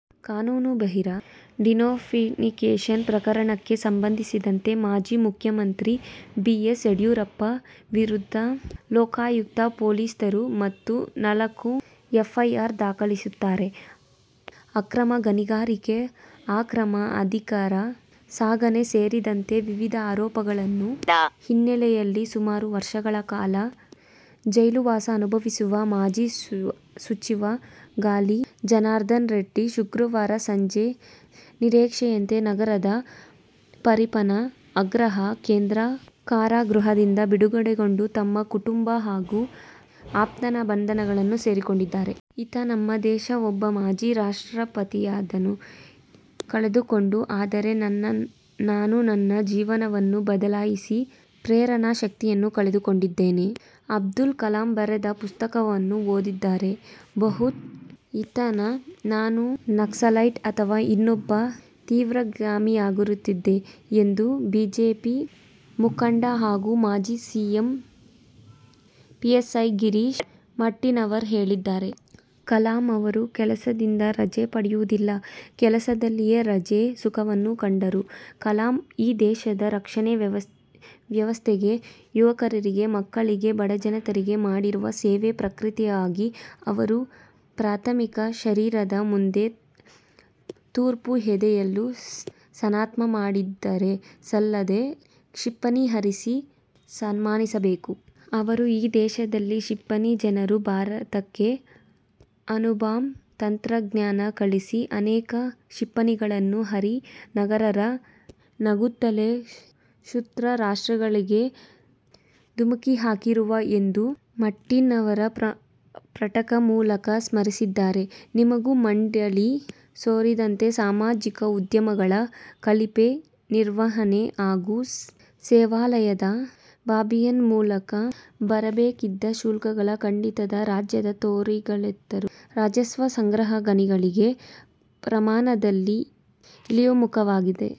ಕಾನೂನುಬಾಹಿರ ಡಿನೋಟಿಫಿಕೇಷನ್ ಪ್ರಕರಣಕ್ಕೆ ಸಂಬಂಧಿಸಿದಂತೆ ಮಾಜಿ ಮುಖ್ಯಮಂತ್ರಿ ಬಿ. ಎಸ್. ಯಡಿಯೂರಪ್ಪ ವಿರುದ್ಧ ಲೋಕಾಯುಕ್ತ ಪೊಲೀಸರು ಮತ್ತೆ ನಾಲ್ಕು ಎಫ್ಐಆರ್ ದಾಖಲಿಸಿಕೊಂಡಿದ್ದಾರೆ. ಅಕ್ರಮ ಗಣಿಗಾರಿಕೆ, ಅಕ್ರಮ ಅದಿರು ಸಾಗಾಣೆ ಸೇರಿದಂತೆ ವಿವಿಧ ಆರೋಪಗಳ ಹಿನ್ನೆಲೆಯಲ್ಲಿ ಸುಮಾರು ವರ್ಷಗಳ ಕಾಲ ಜೈಲು ವಾಸ ಅನುಭವಿಸಿದ ಮಾಜಿ ಸಚಿವ ಗಾಲಿ ಜನಾರ್ದನ ರೆಡ್ಡಿ ಶುಕ್ರವಾರ ಸಂಜೆ ನಿರೀಕ್ಷೆಯಂತೆ ನಗರದ ಪರಪ್ಪನ ಆಗ್ರಹಾರ ಕೇಂದ್ರ ಕಾರಾಗೃಹದಿಂದ ಬಿಡುಗಡೆಗೊಂಡು ತಮ್ಮ ಕುಟುಂಬ ಹಾಗೂ ಆಪ್ತ ಬಳಗವನ್ನು ಸೇರಿಕೊಂಡಿದ್ದಾರೆ. "ಇವತ್ತು ನಮ್ಮ ದೇಶ ಒಬ್ಬ ಮಾಜಿ ರಾಷ್ಟ್ರಪತಿಯನ್ನು ಕಳೆದುಕೊಂಡಿದೆ. ಆದರೆ ನಾನು ನನ್ನ ಜೀವನವನ್ನು ಬದಲಿಸಿದ ಪ್ರೇರಣಾ ಶಕ್ತಿಯನ್ನು ಕಳೆದುಕೊಂಡಿದ್ದೇನೆ. ಅಬ್ದುಲ್ ಕಲಾಂ ಬರೆದ ಪುಸ್ತಕವನ್ನು ಓದದಿದ್ದರೆ ಬಹುಶಃ ಇವತ್ತು ನಾನು ನಕ್ಸಲೈಟ್ ಅಥವಾ ಇನ್ನೊಬ್ಬ ತೀವ್ರಗಾಮಿಯಾಗಿರುತ್ತಿದ್ದೆ' ಎಂದು ಬಿಜೆಪಿ ಮುಖಂಡ ಹಾಗೂ ಮಾಜಿ ಪಿಎಸ್ಐ ಗಿರೀಶ್ ಮಟ್ಟೆಣ್ಣವರ್ ಹೇಳಿದ್ದಾರೆ. ಕಲಾಂ ಅವರು ಕೆಲಸದಿಂದ ರಜೆ ಪಡೆದವರಲ್ಲ. ಕೆಲಸದಲ್ಲೇ ರಜೆಯ ಸುಖವನ್ನು ಕಂಡವರು. ಕಲಾಂ ಈ ದೇಶದ ರಕ್ಷಣಾ ವ್ಯವಸ್ಥೆಗೆ, ಯುವಕರಿಗೆ, ಮಕ್ಕಳಿಗೆ, ಬಡ ಜನತೆಗೆ ಮಾಡಿದ ಸೇವೆಗೆ ಪ್ರತೀಕವಾಗಿ ಅವರ ಪಾರ್ಥಿವ ಶರೀರದ ಮುಂದೆ ತೋಪು ಹೊಡೆದು ಸನ್ಮಾನ ಮಾಡಿದರೆ ಸಾಲದು. ಕ್ಷಿಪಣಿ ಹಾರಿಸಿ ಸನ್ಮಾನಿಸಬೇಕು. ಅವರು ಈ ದೇಶದ ಕ್ಷಿಪಣಿ ಜನಕ. ಭಾರತಕ್ಕೆ ಅಣುಬಾಂಬ್ ತಂತ್ರಜ್ಞಾನ ಕಲಿಸಿ, ಅನೇಕ ಕ್ಷಿಪಣಿಗಳನ್ನು ಹಾರಿಸಿ ನಗುನಗು ನಗುತ್ತಲೇ ಶತ್ರು ರಾಷ್ಟ್ರಗಳಿಗೆ ಧಮಕಿ ಹಾಕಿದವರು ಎಂದು ಮಟ್ಟೆಣ್ಣವರ್ ಪ್ರಕಟಣೆ ಮೂಲಕ ಸ್ಮರಿಸಿದ್ದಾರೆ. ನಿಗಮ-ಮಂಡಳಿ ಸೇರಿದಂತೆ ಸಾರ್ವಜನಿಕ ಉದ್ಯಮಗಳ ಕಳಪೆ ನಿರ್ವಹಣೆ ಹಾಗೂ ಸೇವಾವಲಯದ ಬಾಬ್ತಿನ ಮೂಲಕ ಬರಬೇಕಿದ್ದ ಶುಲ್ಕಗಳ ಕಡಿತದಿಂದ ರಾಜ್ಯದ ತೆರಿಗೆಯೇತರ ರಾಜಸ್ವ ಸಂಗ್ರಹ ಗಣನೀಯ ಪ್ರಮಾಣದಲ್ಲಿ ಇಳಿಮುಖವಾಗಿದೆ.